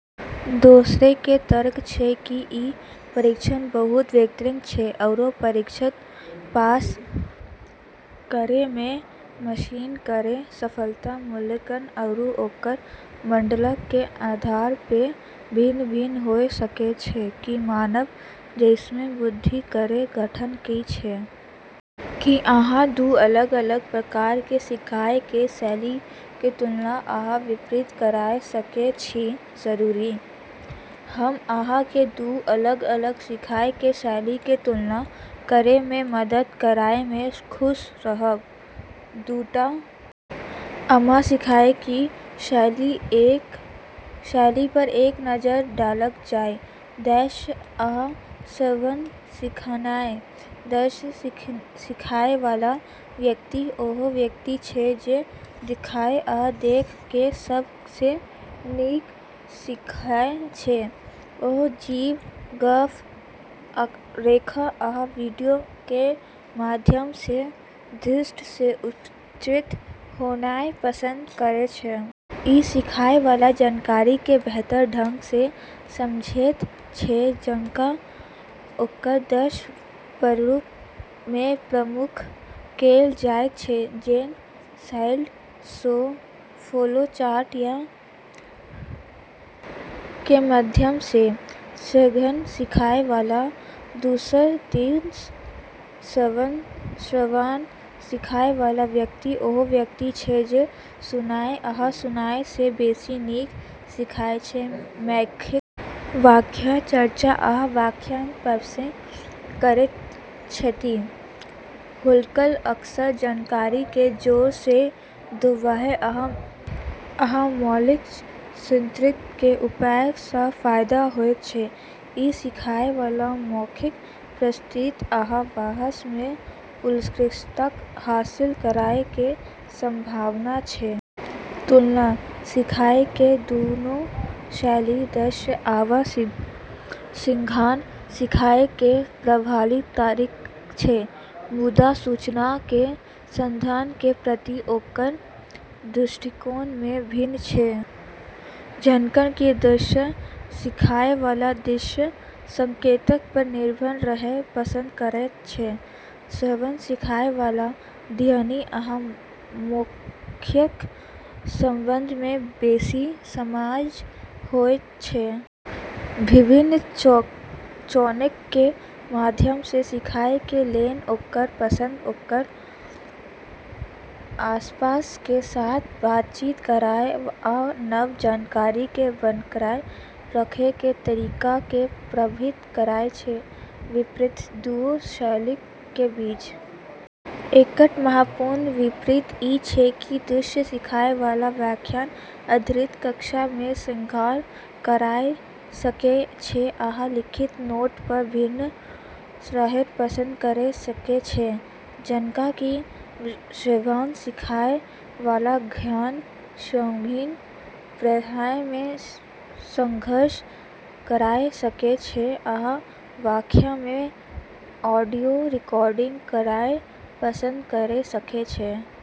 दोसरऽ के तर्क छै कि ई परीक्षण बहुत व्यक्तिपरक छै, आरू परीक्षा पास करै मऽ मशीन केरऽ सफलता मूल्यांकनकर्ता आरू ओकरऽ मानदंड के आधार पऽ भिन्न-भिन्न होय सकै छै कि मानव जैसनऽ बुद्धि केरऽ गठन की छै। की अहां दू अलग-अलग प्रकार कें सीखय कें शैली के तुलना आ विपरीत करय सकय छी जरूर, हम अहाँ के दू अलग-अलग सीखय के शैली के तुलना करय मे मदद करय में खुश रहब ।दूटा आम सीखय के शैली पर एक नजर डालल जाय: दृश्य आ श्रवण सीखनाय ।दृश्य सीखय वाला व्यक्ति ओ व्यक्ति छै जे देखय आ देख क सब सऽ नीक सीखय छै। ओ छवि, ग्राफ, आरेख आ वीडियो के माध्यम सऽ दृष्टि सऽ उत्तेजित होनाय पसंद करय छै। इ सीखएय वाला जानकारी कें बेहतर ढंग सऽ समझएयत छै जखन ओकरा दृश्य प्रारूप मे प्रस्तुत कैल जायत छै, जेना स्लाइड शो, फ्लो चार्ट या इन्फोग्राफिक के माध्यम सऽ ।श्रवण सीखय वाला: दोसर दिस श्रवण सीखय वाला व्यक्ति ओ व्यक्ति छै जे सुनय आ सुनय सऽ बेसि नीक सीखय छै ।मौखिक व्याख्या, चर्चा, आ व्याख्यान पसिन करैत छथि। हुनका अक्सर जानकारी के जोर सऽ दोहरावय आ मौखिक स्मरणशक्ति के उपयोग सं फायदा होयत छै। इ सीखएय वाला मौखिक प्रस्तुति आ बहस मे उत्कृष्टता हासिल करय कें संभावना छै। तुलना: सीखय के दूनू शैली – दृश्य आ श्रवण – सीखय के प्रभावी तरीका छै, मुदा सूचना के संसाधन के प्रति ओकर दृष्टिकोण मे भिन्नता छै। जखन कि दृश्य सीखएय वाला दृश्य संकेतक पर निर्भर रहनाय पसंद करएयत छै, श्रवण सीखएय वाला ध्वनि आ मौखिक संवाद मे बेसि सहज होयत छै। विभिन्न चैनलक कें माध्यम सऽ सीखय के लेल ओकर पसंद ओकर आसपास कें साथ बातचीत करय आ नव जानकारी के बरकरार रखय कें तरीका कें प्रभावित करय छै ।विपरीतता: दूनू शैलीक के बीच एकटा महत्वपूर्ण विपरीत इ छै की दृश्य सीखय वाला व्याख्यान आधारित कक्षाक मे संघर्ष कयर सकय छै आ लिखित नोट पर निर्भर रहनाय पसंद कयर सकय छै, जखन कि श्रवण सीखय वाला घना सामग्री पढ़य मे संघर्ष करय सकय छै आ व्याख्यान के ऑडियो रिकॉर्डिंग करनाय पसंद करय सकय छै।